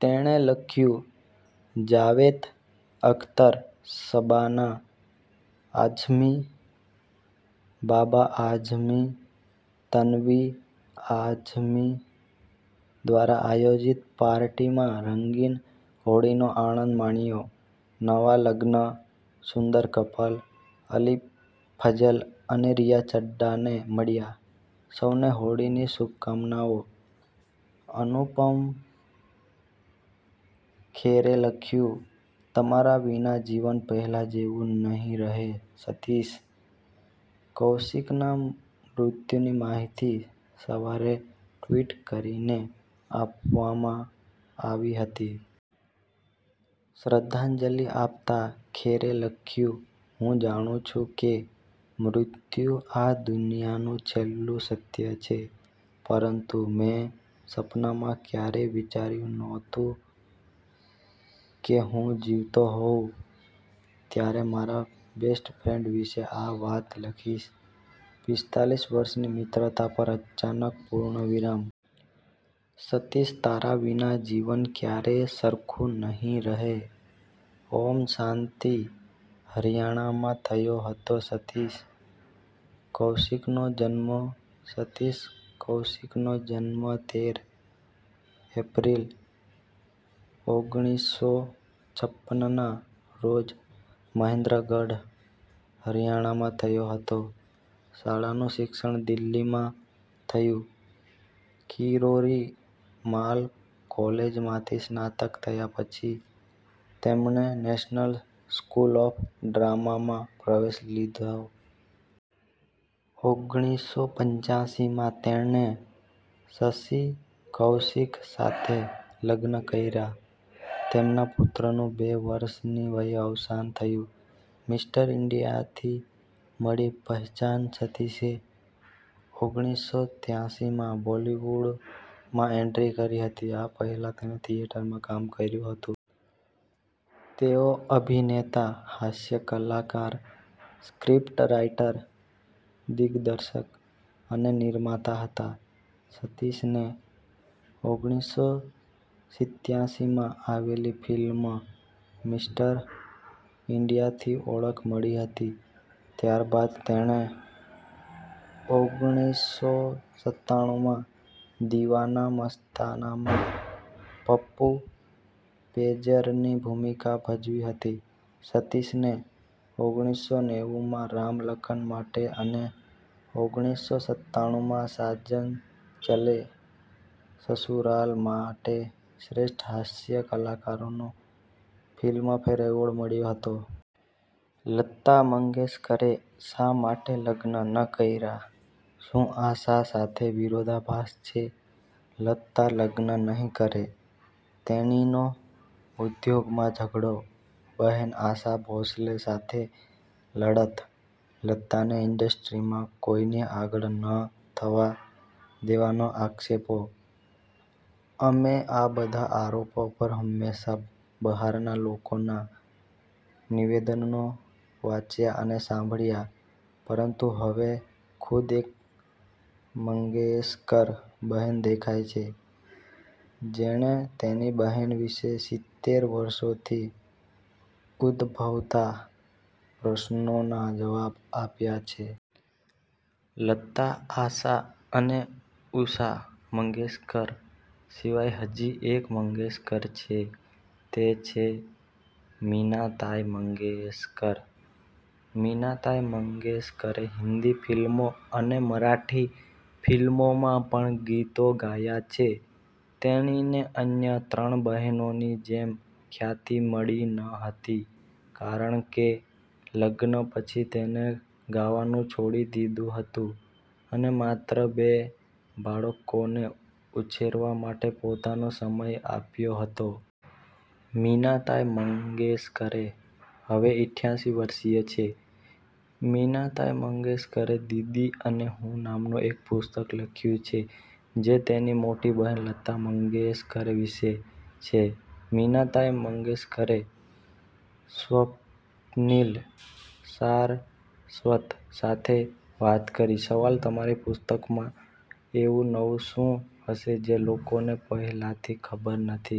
તેણે લખ્યું- 'જાવેદ અખ્તર, શબાના આઝમી, બાબા આઝમી, તન્વી આઝમી દ્વારા આયોજિત પાર્ટીમાં રંગીન હોળીનો આનંદ માણ્યો. નવા લગ્ન સુંદર કપલ અલી ફઝલ અને રિચા ચઢ્ઢાને મળ્યા. સૌને હોળીની શુભકામનાઓ. અનુપમ ખેરે લખ્યું: તમારા વિના જીવન પહેલા જેવું નહીં રહે સતીશ કૌશિકના મૃત્યુની માહિતી સવારે ટ્વીટ કરીને આપવામાં આવી હતી. શ્રદ્ધાંજલિ આપતાં ખેરે લખ્યું- 'હું જાણું છું કે મૃત્યુ આ દુનિયાનું છેલ્લું સત્ય છે, પરંતુ મેં સપનામાં ક્યારેય વિચાર્યું નહોતું કે હું જીવતો હોઉં ત્યારે મારા બેસ્ટ ફ્રેન્ડ વિશે આ વાત લખીશ. પિસ્તાલીસ વર્ષની મિત્રતા પર અચાનક પૂર્ણવિરામ. સતીશ તારા વિના જીવન ક્યારેય સરખું નહીં રહે! ઓમ શાંતિ! હરિયાણામાં થયો હતો સતીશ કૌશિકનો જન્મ સતીશ કૌશિકનો જન્મ તેર એપ્રિલ ઓગણીસસો છપ્પનના રોજ મહેન્દ્રગઢ, હરિયાણામાં થયો હતો. શાળાનું શિક્ષણ દિલ્હીમાં થયું. કિરોરી માલ કૉલેજમાંથી સ્નાતક થયા પછી, તેમણે નેશનલ સ્કૂલ ઑફ ડ્રામામાં પ્રવેશ લીધો. ઓગણીસસો પંચાસીમાં તેણે શશિ કૌશિક સાથે લગ્ન કર્યા. તેમના પુત્રનું બે વર્ષની વયે અવસાન થયું. મિસ્ટર ઈન્ડિયાથી મળી પહેચાન સતીશે ઓગણીસસો ત્યાસીમાં બોલિવૂડમાં એન્ટ્રી કરી હતી. આ પહેલા તેણે થિયેટરમાં કામ કર્યું હતું. તેઓ અભિનેતા, હાસ્ય કલાકાર, સ્ક્રિપ્ટ રાઈટર, દિગ્દર્શક અને નિર્માતા હતા. સતીશને ઓગણીસસો સિત્યાસીમાં આવેલી ફિલ્મ મિસ્ટર ઈન્ડિયાથી ઓળખ મળી હતી. ત્યારબાદ તેણે ઓગણીસસો સત્તાણુમાં દિવાના-મસ્તાનામાં પપ્પુ પેજરની ભૂમિકા ભજવી હતી. સતીશને ઓગણીસસો નેવુંમાં રામ લખન માટે અને ઓગણીસસો સત્તાણુમાં સાજન ચલે સસુરાલ માટે શ્રેષ્ઠ હાસ્ય કલાકારનો ફિલ્મફેર એવોર્ડ મળ્યો હતો. લતા મંગેશકરે શા માટે લગ્ન ન કર્યા? શું આશા સાથે વિરોધાભાસ છે? લતા લગ્ન નહીં કરે, તેણીનો ઉદ્યોગમાં ઝગડો, બહેન આશા ભોંસલે સાથે લડત, લતાને ઈન્ડસ્ટ્રીમાં કોઈની આગળ ન થવા દેવાના આક્ષેપો અમે આ બધા આરોપો પર હંમેશા બહારના લોકોના નિવેદનો વાંચ્યા અને સાંભળ્યા, પરંતુ હવે ખુદ એક મંગેશકર બહેન દેખાઇ છે, જેણે તેની બહેન વિશે સિત્તેર વર્ષોથી ઉદભવતા પ્રશ્નોના જવાબ આપ્યા છે. લતા, આશા અને ઉષા મંગેશકર સિવાય હજી એક મંગેશકર છે તે છે મીનાતાઇ મંગેશકર. મીનાતાઇ મંગેશકરે હિન્દી ફિલ્મો અને મરાઠી ફિલ્મોમાં પણ ગીતો ગાયા છે. તેણીને અન્ય ત્રણ બહેનોની જેમ ખ્યાતિ મળી ન હતી કારણ કે, લગ્ન પછી તેણે ગાવાનું છોડી દીધું હતું અને માત્ર બે બાળકોને ઉછેરવા માટે પોતાનો સમય આપ્યો હતો. મીનાતાઈ મંગેશકરે, હવે ઈઠયાસી વર્ષીય છે, મીનાતાઈ મંગેશકરે દીદી અને હું નામનું એક પુસ્તક લખ્યું છે, જે તેની મોટી બહેન લતા મંગેશકર વિશે છે. મીનાતાઇ મંગેશકરે સ્વપ્નીલ સારસ્વત સાથે વાત કરી. સવાલ: તમારી પુસ્તકમાં એવું નવું શું હશે જે લોકોને પહેલાથી ખબર નથી?